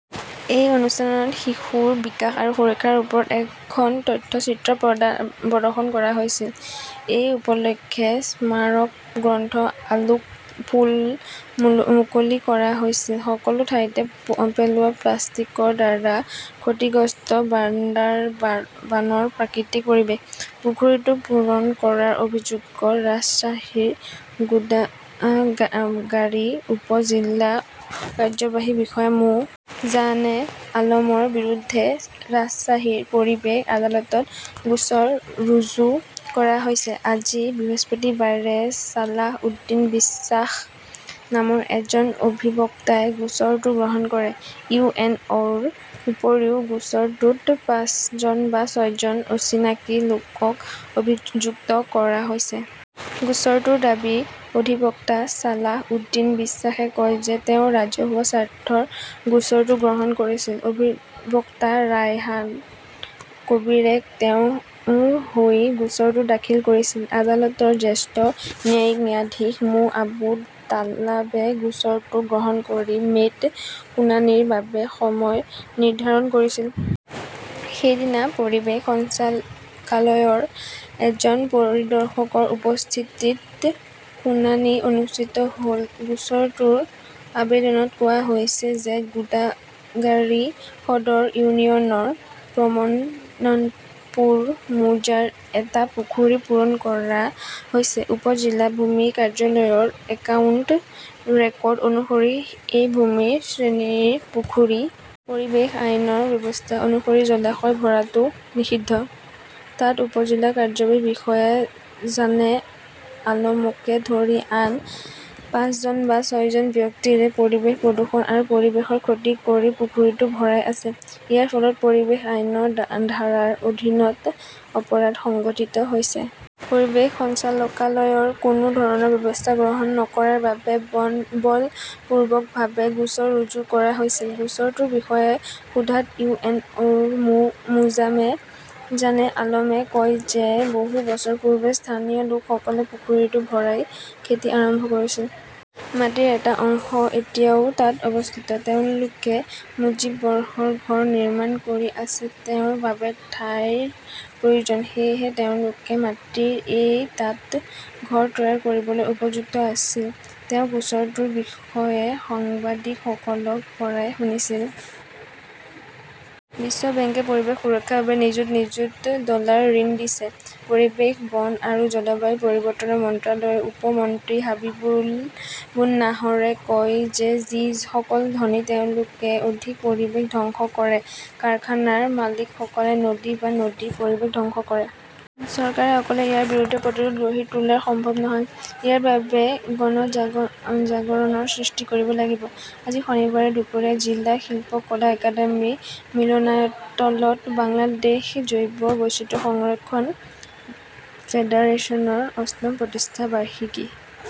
এই অনুষ্ঠানত শিশুৰ বিকাশ আৰু সুৰক্ষাৰ ওপৰত এখন তথ্যচিত্ৰ প্ৰদৰ্শন কৰা হৈছিল। এই উপলক্ষে স্মাৰক গ্ৰন্থ আলোক ফুল মুকলি কৰা হৈছিল। সকলো ঠাইতে পেলোৱা প্লাষ্টিকৰ দ্বাৰা ক্ষতিগ্ৰস্ত বান্দাৰবানৰ প্ৰাকৃতিক পৰিৱেশ। পুখুৰীটো পূৰণ কৰাৰ অভিযোগত ৰাজশ্বাহীৰ গোদাগাৰী উপ-জিলা কাৰ্যবাহী বিষয়া মো. জানে আলমৰ বিৰুদ্ধে ৰাজশ্বাহীৰ পৰিৱেশ আদালতত গোচৰ ৰুজু কৰা হৈছে। আজি বৃহস্পতিবাৰে ছালাহ উদ্দীন বিশ্বাস নামৰ এজন অধিবক্তাই গোচৰটো গ্ৰহণ কৰে। ইউ. এন. অ'. -ৰ উপৰিও গোচৰটোত পাঁচজন বা ছয়জন অচিনাকি লোকক অভিযুক্ত কৰা হৈছে। গোচৰটোৰ বাদী অধিবক্তা ছালাহ উদ্দীন বিশ্বাসে কয় যে তেওঁ ৰাজহুৱা স্বাৰ্থত গোচৰটো গ্ৰহণ কৰিছিল। অধিবক্তা ৰায়হান কবীৰে তেওঁৰ হৈ গোচৰটো দাখিল কৰিছিল। আদালতৰ জ্যেষ্ঠ ন্যায়িক ন্যায়াধীশ মো. আবু তালেবে গোচৰটো গ্ৰহণ কৰি মে'ত শুনানিৰ বাবে সময় নিৰ্ধাৰণ কৰিছিল। সেইদিনা পৰিৱেশ সঞ্চালকালয়ৰ এজন পৰিদৰ্শকৰ উপস্থিতিত শুনানি অনুষ্ঠিত হ'ব। গোচৰটোৰ আৱেদনত কোৱা হৈছে যে গোদাগাৰী সদৰ ইউনিয়নৰ প্ৰমনন্তপুৰ মৌজাত এটা পুখুৰী পূৰণ কৰা হৈছে। উপ-জিলা ভূমি কাৰ্যালয়ৰ একাউণ্ট ৰেকৰ্ড অনুসৰি, এই ভূমিৰ শ্ৰেণীৰ পুখুৰী। পৰিৱেশ আইনৰ ব্যৱস্থা অনুসৰি জলাশয় ভৰাটো নিষিদ্ধ। তাত উপ-জিলা কাৰ্যবাহী বিষয়া জানে আলমকে ধৰি আন পাঁচজন বা ছয়জন ব্যক্তিয়ে পৰিৱেশ প্ৰদূষণ আৰু পৰিৱেশৰ ক্ষতি কৰি পুখুৰীটো ভৰাই আছে। ইয়াৰ ফলত পৰিৱেশ আইনৰ ধাৰাৰ অধীনত অপৰাধ সংঘটিত হৈছে। পৰিৱেশ সঞ্চালকালয়ই কোনো ধৰণৰ ব্যৱস্থা গ্ৰহণ নকৰাৰ বাবে বলপূৰ্বকভাৱে গোচৰ ৰুজু কৰা হৈছিল। গোচৰটোৰ বিষয়ে সোধাত ইউ. এন. অ'. মো. জানে আলমে কয় যে বহু বছৰ পূৰ্বে স্থানীয় লোকসকলে পুখুৰীটো ভৰাই খেতি আৰম্ভ কৰিছিল। মাটিৰ এটা অংশ এতিয়াও তাত অৱস্থিত। তেওঁলোকে মুজীব বৰ্ষৰ ঘৰ নিৰ্মাণ কৰি আছে। তেওঁৰ বাবে ঠাইৰ প্ৰয়োজন। সেয়েহে তেওঁলোকে মাটি এৰি তাত ঘৰ তৈয়াৰ কৰিবলৈ উপযুক্ত আছিল। তেওঁ গোচৰটোৰ বিষয়ে সাংবাদিকসকলৰ পৰা শুনিছিল। বিশ্ব বেংকে পৰিৱেশ সুৰক্ষাৰ বাবে নিযুত নিযুত ডলাৰ ঋণ দিছে। পৰিৱেশ, বন আৰু জলবায়ু পৰিৱৰ্তন মন্ত্ৰালয়ৰ উপ মন্ত্ৰী হাবিবুন নাহৰে কয় যে যিসকল ধনী তেওঁলোকে অধিক পৰিৱেশ ধ্বংস কৰে। কাৰখানাৰ মালিকসকলে নদী আৰু নদীৰ পৰিৱেশ ধ্বংস কৰে। চৰকাৰে অকলে ইয়াৰ বিৰুদ্ধে প্ৰতিৰোধ গঢ়ি তোলা সম্ভৱ নহয়। ইয়াৰ বাবে গণজাগৰণৰ সৃষ্টি কৰিব লাগিব। আজি শনিবাৰে দুপৰীয়া জিলা শিল্পকলা একাডেমী মিলনায়তনত বাংলাদেশ জৈৱ বৈচিত্ৰ্য সংৰক্ষণ ফেডাৰেচনৰ অষ্টম প্ৰতিষ্ঠা বাৰ্ষিকী।